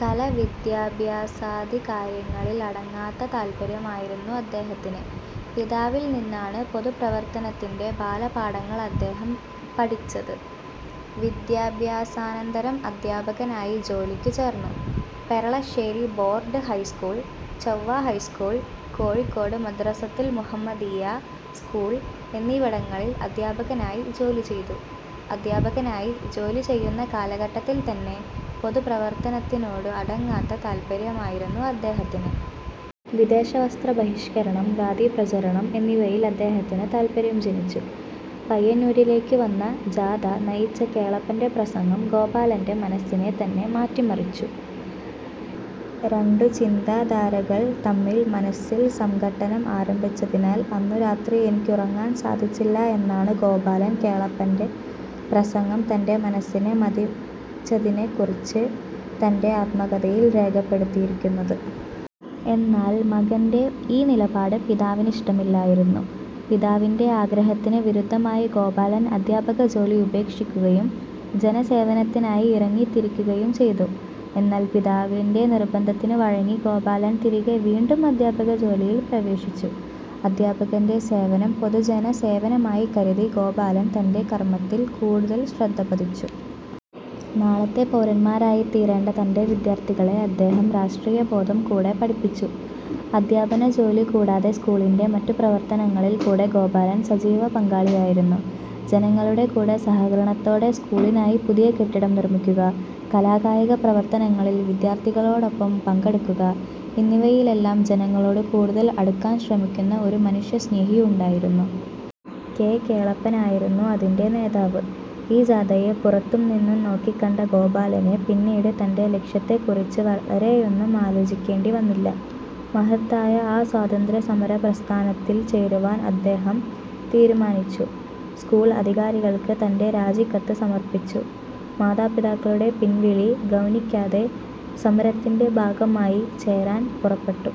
കല-വിദ്യാഭ്യാസാദി കാര്യങ്ങളിൽ അടങ്ങാത്ത താൽപര്യമായിരുന്നു അദ്ദേഹത്തിന്. പിതാവിൽ നിന്നാണ് പൊതുപ്രവർത്തനത്തിന്റെ ബാലപാഠങ്ങൾ അദ്ദേഹം പഠിച്ചത്. വിദ്യാഭ്യാസാനന്തരം അധ്യാപകനായി ജോലിക്കു ചേർന്നു. Peralassery board high school, Chovva high school, Kozhikode Madrasathul Muhammadiya school എന്നിവിടങ്ങളിൽ അധ്യാപകനായി ജോലി നോക്കി. അധ്യാപകനായി ജോലി ചെയ്യുന്ന കാലഘട്ടത്തിൽത്തന്നെ പൊതുപ്രവർത്തനത്തിനോടു അടങ്ങാത്ത താൽപര്യമായിരുന്നു അദ്ദേഹത്തിന്. വിദേശ വസ്ത്ര ബഹിഷ്കരണം, ഖാദി പ്രചാരണം, എന്നിവയിൽ അദ്ദേഹത്തിനു താൽപര്യം ജനിച്ചു. പയ്യന്നൂരിലേക്കു വന്ന ജാഥ നയിച്ച കേളപ്പന്റെ പ്രസംഗം ഗോപാലന്റെ മനസ്സിനെ തന്നെ മാറ്റിമറിച്ചു. രണ്ടു ചിന്താധാരകൾ തമ്മിൽ മനസ്സിൽ സംഘട്ടനം ആരംഭിച്ചതിനാൽ അന്നു രാത്രി എനിക്കുറങ്ങാൻ സാധിച്ചില്ല എന്നാണ് ഗോപാലൻ കേളപ്പന്റെ പ്രസംഗം തന്റെ മനസ്സിനെ മഥിച്ചതിനെക്കുറിച്ച് തന്റെ ആത്മകഥയിൽ രേഖപ്പെടുത്തിയിരിക്കുന്നത്. എന്നാൽ മകന്റെ ഈ നിലപാട് പിതാവിനിഷ്ടമില്ലായിരുന്നു. പിതാവിന്റെ ആഗ്രഹത്തിനു വിരുദ്ധമായി ഗോപാലൻ അധ്യാപകജോലി ഉപേക്ഷിക്കുകയും ജനസേവനത്തിനായി ഇറങ്ങിത്തിരിക്കുകയും ചെയ്തു. എന്നാൽ പിതാവിന്റെ നിർബന്ധത്തിനു വഴങ്ങി ഗോപാലൻ തിരികെ വീണ്ടും അധ്യാപക ജോലിയിൽ പ്രവേശിച്ചു. അധ്യാപകന്റെ സേവനം പൊതുജനസേവനമായി കരുതി ഗോപാലൻ തന്റെ കർമ്മത്തിൽ കൂടുതൽ ശ്രദ്ധപതിപ്പിച്ചു. നാളത്തെ പൗരന്മാരായി തീരേണ്ട തന്റെ വിദ്യാർത്ഥികളെ അദ്ദേഹം രാഷ്ട്രീയബോധം കൂടെ പഠിപ്പിച്ചു. അധ്യാപനജോലി കൂടാതെ സ്കൂളിന്റെ മറ്റു പ്രവർത്തനങ്ങളിൽ കൂടെ ഗോപാലൻ സജീവ പങ്കാളിയായിരുന്നു. ജനങ്ങളുടെ കൂടെ സഹകരണത്തോടെ സ്കൂളിനായി പുതിയ കെട്ടിടം നിർമ്മിക്കുക, കലാകായിക പ്രവർത്തനങ്ങളിൽ വിദ്യാർത്ഥികളോടൊപ്പം പങ്കെടുക്കുക എന്നിവയിലെല്ലാം ജനങ്ങളോട് കൂടുതൽ അടുക്കാൻ ശ്രമിക്കുന്ന ഒരു മനുഷ്യസ്നേഹി ഉണ്ടായിരുന്നു. കെ. കേളപ്പനായിരുന്നു അതിന്റെ നേതാവ്. ഈ ജാഥയെ പുറത്തു നിന്നും നോക്കിക്കണ്ട ഗോപാലന് പിന്നീട് തന്റെ ലക്ഷ്യത്തെക്കുറിച്ച് വളരെയൊന്നും ആലോചിക്കേണ്ടി വന്നില്ല. മഹത്തായ ആ സ്വാതന്ത്ര്യ സമരപ്രസ്ഥാനത്തിൽ ചേരുവാൻ അദ്ദേഹം തീരുമാനിച്ചു. സ്കൂൾ അധികാരികൾക്ക് തന്റെ രാജിക്കത്ത് സമർപ്പിച്ചു. മാതാപിതാക്കളുടെ പിൻവിളി ഗൗനിക്കാതെ സമരത്തിന്റെ ഭാഗമായി ചേരാൻ പുറപ്പെട്ടു.